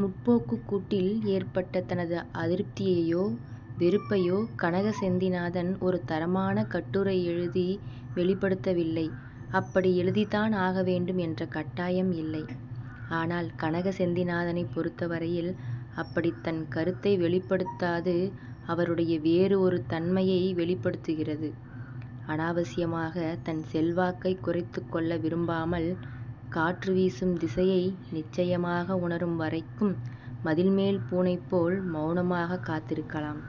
முற்போக்கு'க் கூட்டில் ஏற்பட்ட தனது அதிருப்தியையோ வெறுப்பையோ கனக செந்திநாதன் ஒரு தரமான கட்டுரை எழுதி வெளிப்படுத்தவில்லை. அப்படி எழுதித்தான் ஆகவேண்டும் என்ற கட்டாயம் இல்லை. ஆனால் கனக செந்திநாதனைப் பொருத்தவரையில் அப்படித் தன் கருத்தை வெளிப்படுத்தாது அவருடைய வேறு ஒரு தன்மையை வெளிப்படுத்துகிறது. அனாவசியமாகத் தன் செல்வாக்கைக் குறைத்துக்கொள்ள விரும்பாமல் காற்று வீசும் திசையை நிச்சயமாக உணரும் வரைக்கும் மதில்மேல் பூனைபோல் மௌனமாகக் காத்திருக்கலாம்.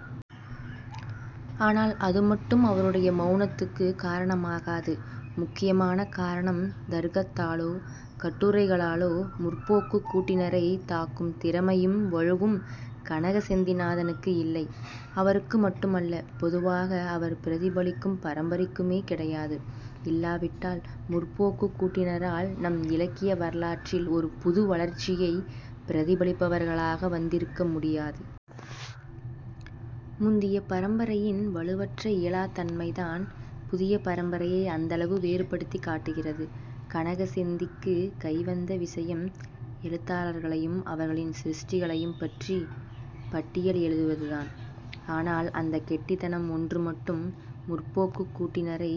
ஆனால் அதுமட்டும் அவருடைய மௌனத்துக்குக் காரணமாகாது. முக்கியமான காரணம் தர்க்கத்தாலோ கட்டுரைகளாலோ 'முற்போக்கு'க் கூட்டினரைத் தாக்கும் திறமையும் வலுவும் கனக செந்திநாதனுக்கு இல்லை. அவருக்கு மட்டுமல்ல, பொதுவாக அவர் பிரதிபலிக்கும் பரம்பரைக்குமே கிடையாது. இல்லாவிட்டால், 'முற்போக்கு'க் கூட்டினரால் நம் இலக்கிய வரலாற்றில் ஒரு புது வளர்ச்சியைப் பிரதிபலிப்பவர்களாக வந்திருக்க முடியாது. முந்திய பரம்பரையின் வலுவற்ற இயலாத் தன்மைதான் புதிய பரம்பரையை அந்தளவு வேறுபடுத்திக் காட்டுகிறது. கனக செந்திக்கு கைவந்த விசயம், எழுத்தாளர்களையும் அவர்களின் சிருஷ்டிகளையும் பற்றிப் பட்டியல் எழுதுவதுதான். ஆனால்அந்தக் கெட்டித்தனம் ஒன்று மட்டும் 'முற்போக்கு'க் கூட்டினரை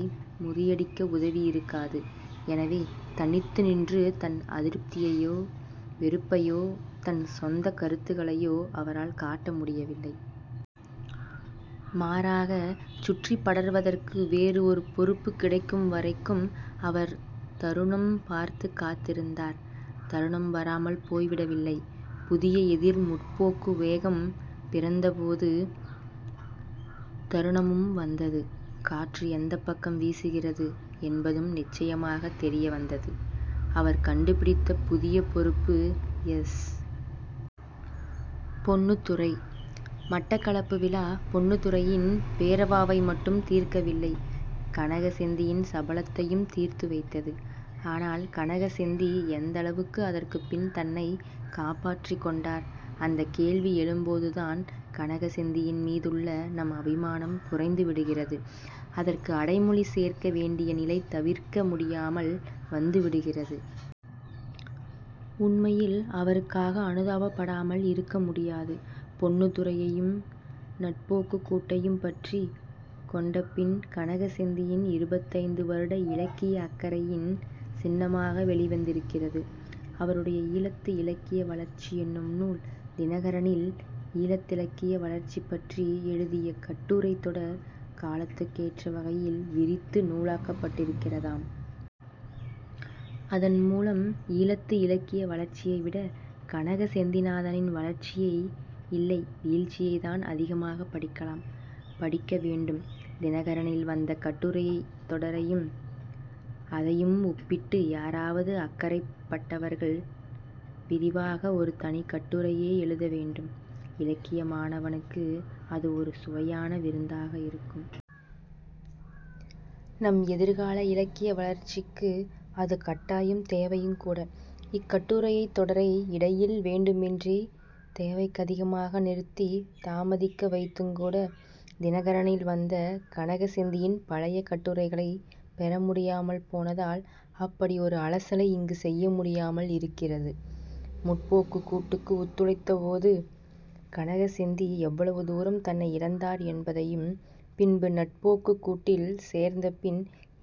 முறியடிக்க உதவியிருக்காது. எனவே, தனித்து நின்று தன் அதிருப்தியையோ, வெறுப்பையோ, தன் சொந்தக் கருத்துகளையோ அவரால் காட்ட முடியவில்லை. மாறாக, சுற்றிப் படர்வதற்கு வேறு ஒரு பொறுப்பு கிடைக்கும் வரைக்கும் அவர் தருணம் பார்த்துக் காத்திருந்தார். தருணம் வராமல் போய்விடவில்லை. புதிய எதிர் 'முற்போக்கு' வேகம் பிறந்தபோது தருணமும் வந்தது. காற்று எந்தப் பக்கம் வீசுகிறது என்பதும் நிச்சயமாகத் தெரியவந்தது. அவர் கண்டுபிடித்த புதிய பொறுப்பு எஸ். பொன்னுத்துரை. மட்டக்களப்பு விழா, பொன்னுத்துரையின் பேரவாவை மட்டும் தீர்க்கவில்லை. கனக செந்தியின் சபலத்தையும் தீர்த்துவைத்தது. ஆனால் கனகசெந்தி எந்தளவுக்கு அதற்குப் பின் தன்னை காப்பாற்றிக் கொண்டார்? அந்தக் கேள்வி எழும்போதுதான் கனக செந்தியின் மீதுள்ள நம் அபிமானம் குறைந்துவிடுகிறது. அதற்கு அடைமொழி சேர்க்க வேண்டிய நிலை தவிர்க்க முடியாமல் வந்துவிடுகிறது. உண்மையில் அவருக்காக அனுதாபப் படாமல் இருக்க முடியாது. பொன்னுத்துரையையும் 'நற்போக்கு'க் கூட்டையும் பற்றிக் கொண்ட பின் கனக செந்தியின் இருபத்தைந்து வருட இலக்கிய அக்கறையின் சின்னமாக வெளிவந்திருக்கிறது அவருடைய 'ஈழத்து இலக்கிய வளர்ச்சி' என்னும் நூல். 'தினகரனி'ல் ஈழத்திலக்கிய வளர்ச்சிபற்றி எழுதிய கட்டுரைத் தொடர் காலத்துக்கேற்றவகையில் விரித்து நூலாக்கப்பட்டிருக்கிறதாம். அதன் மூலம் ஈழத்து இலக்கிய வளர்ச்சியை விட கனக செந்திநாதனின் வளர்ச்சியை, இல்லை வீழ்ச்சியைத்தான், அதிகமாகப் படிக்கலாம். படிக்க வேண்டும். 'தினகரனி'ல் வந்த கட்டுரைத் தொடரையும் அதையும் ஒப்பிட்டு யாராவது அக்கறைப்பட்டவர்கள் விரிவாக ஒரு தனிக் கட்டுரையே எழுத வேண்டும். இலக்கிய மாணவனுக்கு அது ஒரு சுவையான விருந்தாக இருக்கும். நம் எதிர்கால இலக்கிய வளர்ச்சிக்கு அது கட்டாயம் தேவையுங்கூட. இக்கட்டுரைத் தொடரை இடையில் வேண்டுமென்றே தேவைக்கதிகமாக நிறுத்தித் தாமதிக்க வைத்துங்கூட 'தினகரனி'ல் வந்த கனக செந்தியின் பழைய கட்டுரைகளைப் பெற முடியாமல் போனதால் அப்படி ஒரு அலசலை இங்கு செய்ய முடியாமல் இருக்கிறது. 'முற்போக்கு'க் கூட்டுக்கு ஒத்துழைத்தபோது கனக செந்தி எவ்வளவு தூரம் தன்னை இழந்தார் என்பதையும் பின்பு 'நற்போக்கு'க் கூட்டில் சேர்ந்த பின்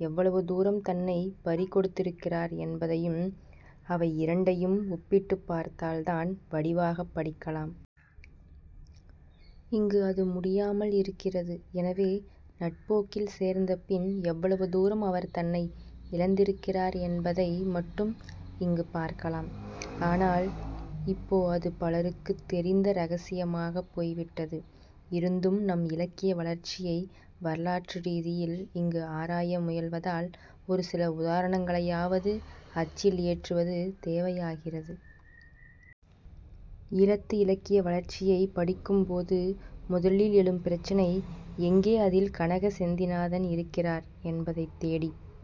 எவ்வளவு தூரம் தன்னைப் பறிகொடுத்திருக்கிறார் என்பதையும் அவை இரண்டையும் ஒப்பிட்டுப் பார்த்தால் தான் வடிவாகப் படிக்கலாம். இங்கு அது முடியாமல் இருக்கிறது. எனவே, 'நற்போக்கி'ல் சேர்ந்த பின் எவ்வளவு தூரம் அவர் தன்னை இழந்திருக்கிறார் என்பதை மட்டும் இங்கு பார்க்கலாம். ஆனால் இப்போ அது பலருக்குத் தெரிந்த இரகசியமாகப் போய்விட்டது. இருந்தும் நம் இலக்கிய வளர்ச்சியை வரலாற்று ரீதியில் இங்கு ஆராய முயல்வதால் ஒரு சில உதாரணங்களையாவது அச்சில் ஏற்றுவது தேவையாகிறது. 'ஈழத்து இலக்கிய வளர்ச்சி'யைப் படிக்கும்போது முதலில் எழும் பிரச்சினை எங்கே அதில் கனக செந்திநாதன் இருக்கிறார் என்பதைத் தேடிப்